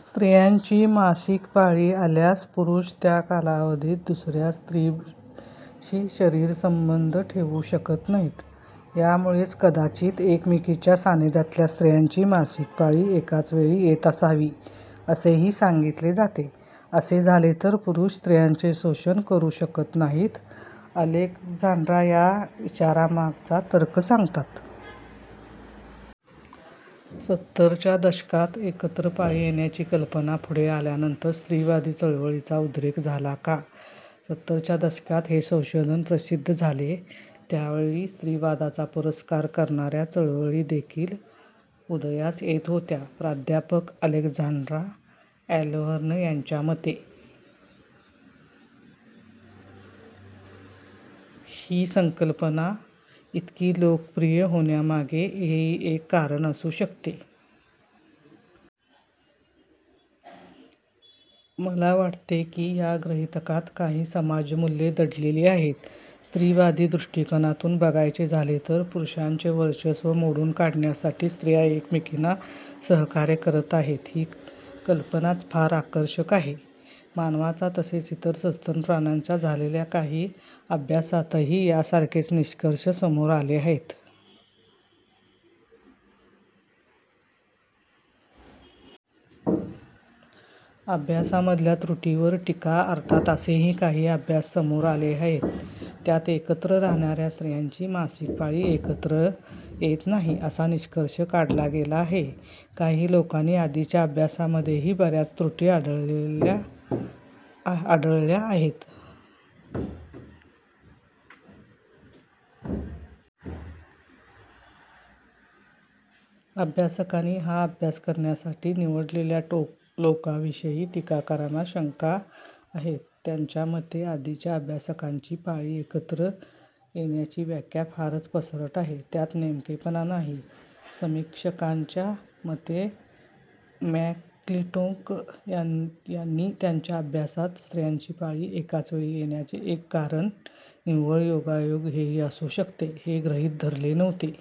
स्त्रियांची मासिक पाळी आल्यास पुरुष त्या कालावधीत दुसऱ्या स्त्रीशी शरीरसंबंध ठेवू शकत नाही. यामुळेच कदाचित एकमेकींच्या सान्निध्यातल्या स्त्रियांची मासिक पाळी एकाच वेळी येत असावी, असेही सांगितले जाते. "असे झाले तर पुरुष स्त्रियांचे शोषण करू शकत नाहीत," अलेक्झांड्रा या विचारामागचा तर्क सांगतात. सत्तरच्या दशकात एकत्र पाळी येण्याची कल्पना पुढे आल्यानंतर स्त्रीवादी चळवळीचा उद्रेक झाला का? सत्तरच्या दशकात हे संशोधन प्रसिद्ध झाले त्यावेळी स्त्रीवादाचा पुरस्कार करणाऱ्या चळवळी देखील उदयास येत होत्या. प्राध्यापक अलेक्झांड्रा ॲलव्हर्न यांच्या मते ही संकल्पना इतकी लोकप्रिय होण्यामागे हेही एक कारण असू शकते. "मला वाटते की, या गृहितकात काही 'समाजमूल्ये' दडलेली आहेत. स्त्रीवादी दृष्टिकोनातून बघायचे झाले तर पुरुषांचे वर्चस्व मोडून काढण्यासाठी स्त्रिया एकमेकींना सहकार्य करत आहेत ही कल्पनाच फार आकर्षक आहे." मानवाचा तसेच इतर सस्तन प्राण्यांच्या झालेल्या काही अभ्यासांतही यासारखेच निष्कर्ष समोर आले आहेत. अभ्यासामधल्या त्रुटींवर टीका - अर्थात असेही काही अभ्यास समोर आले आहेत ज्यात एकत्र राहणाऱ्या स्त्रियांची मासिक पाळी एकत्र येत नाही असा निष्कर्ष काढला गेला आहे. काही लोकांनी आधीच्या अभ्यासांमध्येही बऱ्याच त्रुटी आढळल्या आहेत. अभ्यासकांनी हा अभ्यास करण्यासाठी निवडलेल्या लोकांविषयी टीकाकारांना शंका आहेत. त्यांच्या मते आधीच्या अभ्यासकांची 'पाळी एकत्र येण्याची' व्याख्या फारच पसरट आहे. त्यात नेमकेपणा नाही. समीक्षकांच्या मते, मॅकक्लिंटोक यांनी त्यांच्या अभ्यासात स्त्रियांची पाळी एकाच वेळी येण्याचे एक कारण निव्वळ योगायोग हेही असू शकते, हे गृहीत धरले नव्हते.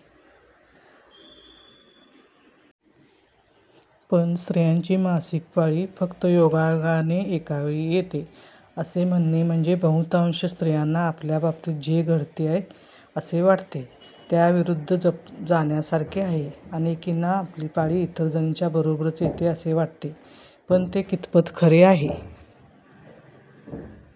पण स्त्रियांची मासिक पाळी फक्त योगायोगाने एका वेळी येते असे म्हणणे म्हणजे बहुतांश स्त्रियांना आपल्या बाबतीत जे घडते असे वाटते त्याविरुद्ध जाण्यासारखे आहे. अनेकींना आपली पाळी इतर जणींच्या बरोबरच येते असे वाटते, पण ते कितपत खरे आहे?